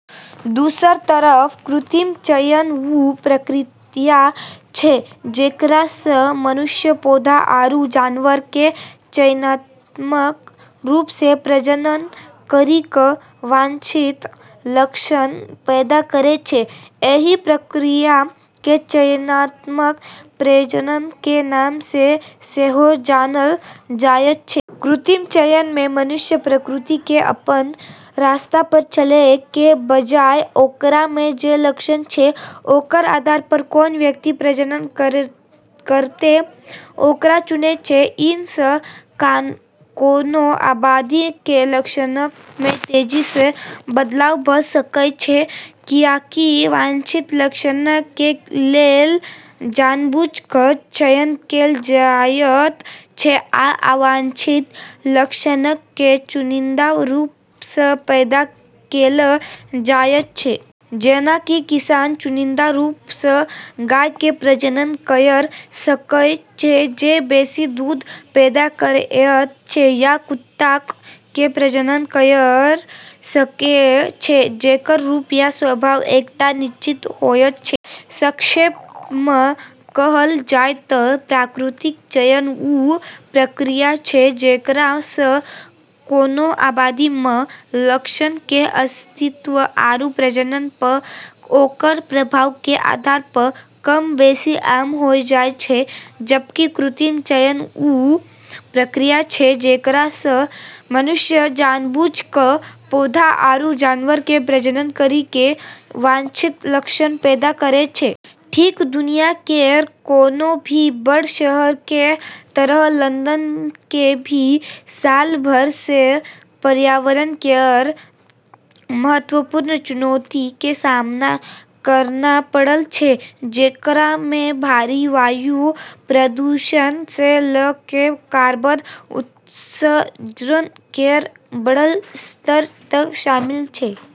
दोसरऽ तरफ कृत्रिम चयन वू प्रक्रिया छै जेकरा स॑ मनुष्य पौधा आरू जानवरऽ के चयनात्मक रूप स॑ प्रजनन करी क॑ वांछित लक्षण पैदा करै छै। एहि प्रक्रिया कें चयनात्मक प्रजनन कें नाम सं सेहो जानल जायत छै. कृत्रिम चयन में मनुष्य प्रकृति के अपनऽ रास्ता पर चलै के बजाय, ओकरा में जे लक्षण छै, ओकरऽ आधार पर कोन व्यक्ति प्रजनन करतै, ओकरा चुनै छै। अइ सं कोनों आबादी कें लक्षणक मे तेजी सं बदलाव भ सकय छै, कियाकि वांछित लक्षणक कें लेल जानबूझ क चयन कैल जायत छै आ अवांछित लक्षणक कें चुनिंदा रूप सं पैदा कैल जायत छै. जेना कि किसान चुनिंदा रूप सं गाय कें प्रजनन कयर सकय छै जे बेसि दूध पैदा करएयत छै, या कुत्ताक कें प्रजनन कयर सकएय छै जेकर रूप या स्वभाव एकटा निश्चित होयत छै. संक्षेप म॑ कहलऽ जाय त॑ प्राकृतिक चयन वू प्रक्रिया छै जेकरा स॑ कोनो आबादी म॑ लक्षणऽ के अस्तित्व आरू प्रजनन प॑ ओकरऽ प्रभाव के आधार प॑ कम-बेसी आम होय जाय छै, जबकि कृत्रिम चयन वू प्रक्रिया छै जेकरा स॑ मनुष्य जानबूझ क॑ पौधा आरू जानवरऽ के प्रजनन करी क॑ वांछित लक्षण पैदा करै छै। ठीक दुनिया केरऽ कोनो भी बड़ऽ शहर के तरह लंदन क॑ भी सालऽ भर स॑ पर्यावरण केरऽ महत्वपूर्ण चुनौती के सामना करना पड़लऽ छै, जेकरा म॑ भारी वायु प्रदूषण स॑ ल॑ क॑ कार्बन उत्सर्जन केरऽ बढ़लऽ स्तर तक शामिल छै।